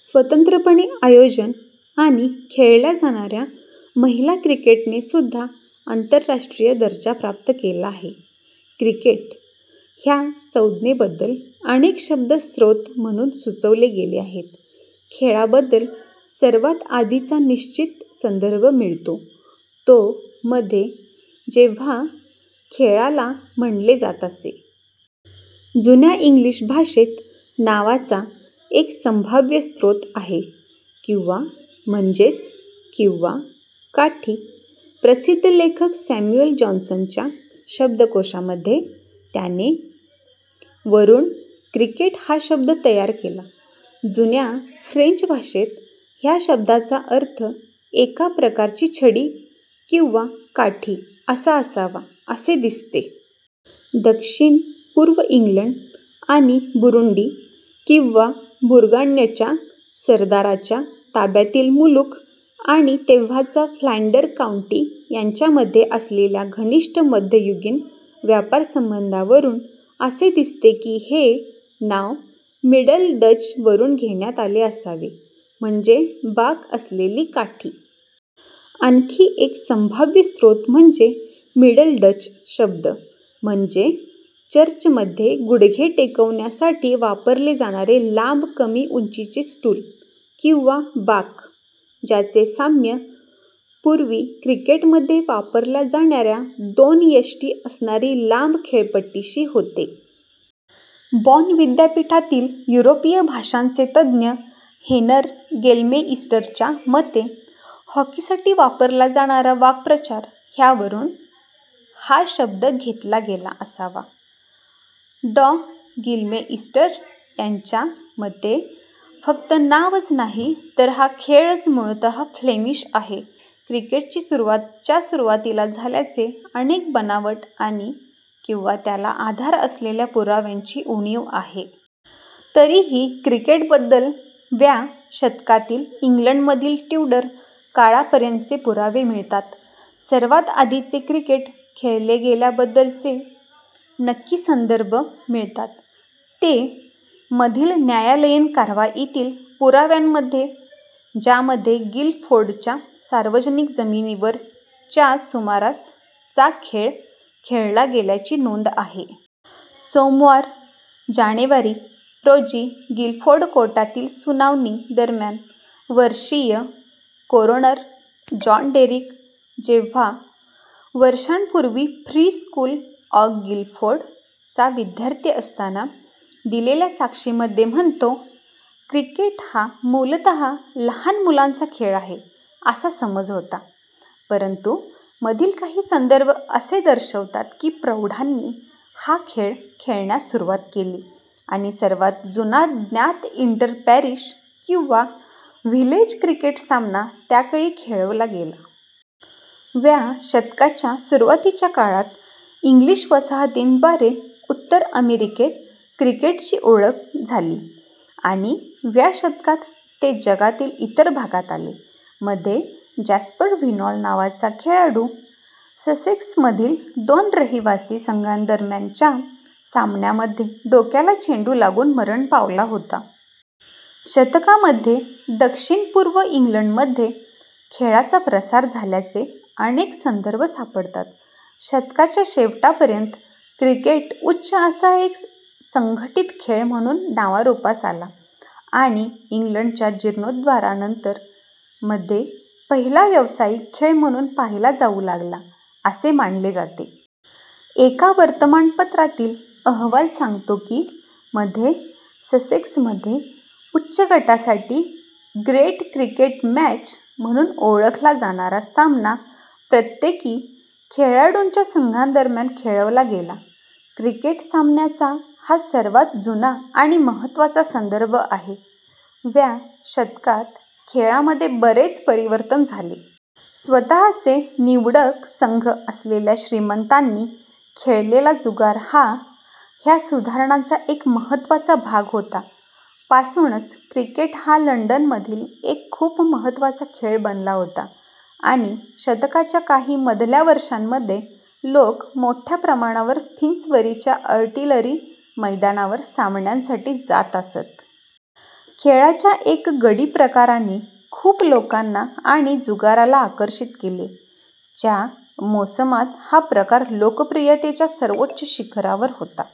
स्वतंत्रपणे आयोजन आणि खेळल्या जाणाऱ्या, महिला क्रिकेटनेसुद्धा आंतरराष्ट्रीय दर्जा प्राप्त केला आहे. "क्रिकेट" ह्या संज्ञेबद्दल अनेक शब्द स्रोत म्हणून सुचवले गेले आहेत. खेळाबद्दल सर्वात आधीचा निश्चित संदर्भ मिळतो तो मध्ये, जेव्हा खेळाला म्हणले जात असे. जुन्या इंग्लिश भाषेत नावाचा एक संभाव्य स्रोत आहे, किंवा म्हणजेच किंवा काठी. प्रसिद्ध लेखक सॅम्युएल जॉन्सनच्या शब्दकोशा मध्ये, त्याने "," वरून क्रिकेट हा शब्द तयार केला. जून्या फ्रेंच भाषेत, ह्या शब्दाचा अर्थ एका प्रकारची छडी किंवा काठी असा असावा असे दिसते. दक्षिण-पुर्व इंग्लंड आणि बुरुंडी किंवा बूर्गान्यच्या सरदाराच्या ताब्यातील मुलूख आणि तेव्हाचा फ्लॅंडर काऊंटी यांच्यामध्ये असलेल्या घनिष्ट मध्ययुगीन व्यापारासंबंधावरून, असे दिसते की हे नाव मिडल डच वरून घेण्यात आले असावे, म्हणजे बाक असलेली काठी. आणखी एक संभाव्य स्रोत म्हणजे मिडल डच शब्द, म्हणजे चर्चमध्ये गुडघे टेकवण्यासाठी वापरले जाणारे लांब कमी उंचीचे स्टूल किंवा बाक, ज्याचे साम्य पूवी क्रिकेटमध्ये वापरल्या जाणाऱ्या दोन यष्टी असणारी लांब खेळपट्टीशी होते. बॉन विद्यापीठातील युरोपीय भाषांचे तज्ज्ञ हेनर गिलमेइस्टरच्या मते, हॉकीसाठी वापरला जाणारा वाक्प्रचार ह्यावरून "" हा शब्द घेतला गेला असावा. डॉ गिलमेइस्टर यांच्या मते फक्त नावच नाही तर हा खेळच मूळतः फ्लेमिश आहे. क्रिकेटची सुरुवात च्या सुरुवातीला झाल्याचे अनेक बनावट आणि/किंवा त्याला आधार असलेल्या पुराव्यांची उणीव आहे. तरीही क्रिकेटबद्दल व्या शतकातील, इंग्लंडमधील ट्युडर काळापर्यंतचे पुरावे मिळतात. सर्वात आधीचे क्रिकेट खेळले गेल्याबद्दलचे नक्की संदर्भ मिळतात ते, मधील न्यायालयीन कारवाईतील पुराव्यांमध्ये, ज्यामध्ये गिल फोर्डच्या सार्वजनिक जमिनीवर च्या सुमारास चा खेळ खेळला गेल्याची नोंद आहे. सोमवार, जानेवारी रोजी गिलफोर्ड कोर्टातील सुनावणी दरम्यान, वर्षीय कोरोनर, जॉन डेरिक जेव्हा वर्षांपूर्वी फ्री स्कूल ऑग गिलफोर्ड चा विद्यार्थी असताना दिलेल्या साक्षीमध्ये म्हणतो, "." क्रिकेट हा मूलतः लहान मुलांचा खेळ आहे असा समज होता, परंतु मधील काही संदर्भ असे दर्शवतात की प्रौढांनी हा खेळ खेळण्यास सुरुवात केली आणि सर्वात जुना ज्ञात इंटर-पॅरिश किंवा व्हिलेज क्रिकेट सामना त्याकाळी खेळवला गेला. व्या शतकाच्या सुरुवातीच्या काळात इंग्लिश वसाहतींद्वारे उत्तर अमेरिकेत क्रिकेटची ओळख झाली आणि व्या शतकात ते जगातील इतर भागात आले. मध्ये, जॅस्पर व्हिनॉल नावाचा खेळाडू ससेक्समधील दोन रहिवासी संघांदरम्यानच्या सामन्यामध्ये डोक्याला चेंडू लागून मरण पावला होता. शतकामध्ये, दक्षिण-पूर्व इंग्लंडमध्ये खेळाचा प्रसार झाल्याचे अनेक संदर्भ सापडतात. शतकाच्या शेवटापर्यंत, क्रिकेट उच्च असा एक संघटित खेळ म्हणून नावारूपास आला आणि इंग्लंडच्या जीर्णोद्धारानंतर मध्ये पहिला व्यावसायिक खेळ म्हणून पाहिला जाऊ लागला असे मानले जाते. एका वर्तमानपत्रातील अहवाल सांगतो की, मध्ये ससेक्समध्ये उच्च गटासाठी "ग्रेट क्रिकेट मॅच" म्हणून ओळखला जाणारा सामना प्रत्येकी खेळाडूंच्या संघांदरम्यान खेळवला गेला. क्रिकेट सामन्याचा हा सर्वात जुना आणि महत्त्वाचा संदर्भ आहे. व्या शतकात खेळामध्ये बरेच परिवर्तन झाले. स्वतःचे "निवडक " संघ असलेल्या श्रीमंतांनी खेळलेला जुगार हा ह्या सुधारणांचा एक महत्त्वाचा भाग होता. पासूनच क्रिकेट हा लंडनमधील एक खूप महत्त्वाचा खेळ बनला होता आणि शतकाच्या काही मधल्या वर्षांमध्ये लोक मोठ्या प्रमाणावर फिन्सबरीच्या आर्टिलरी मैदानावर सामन्यांसाठी जात असत. खेळाच्या एक गडी प्रकाराने खूप लोकांना आणि जुगाराला आकर्षित केले, च्या मोसमात हा प्रकार लोकप्रियतेच्या सर्वोच्च शिखरावर होता.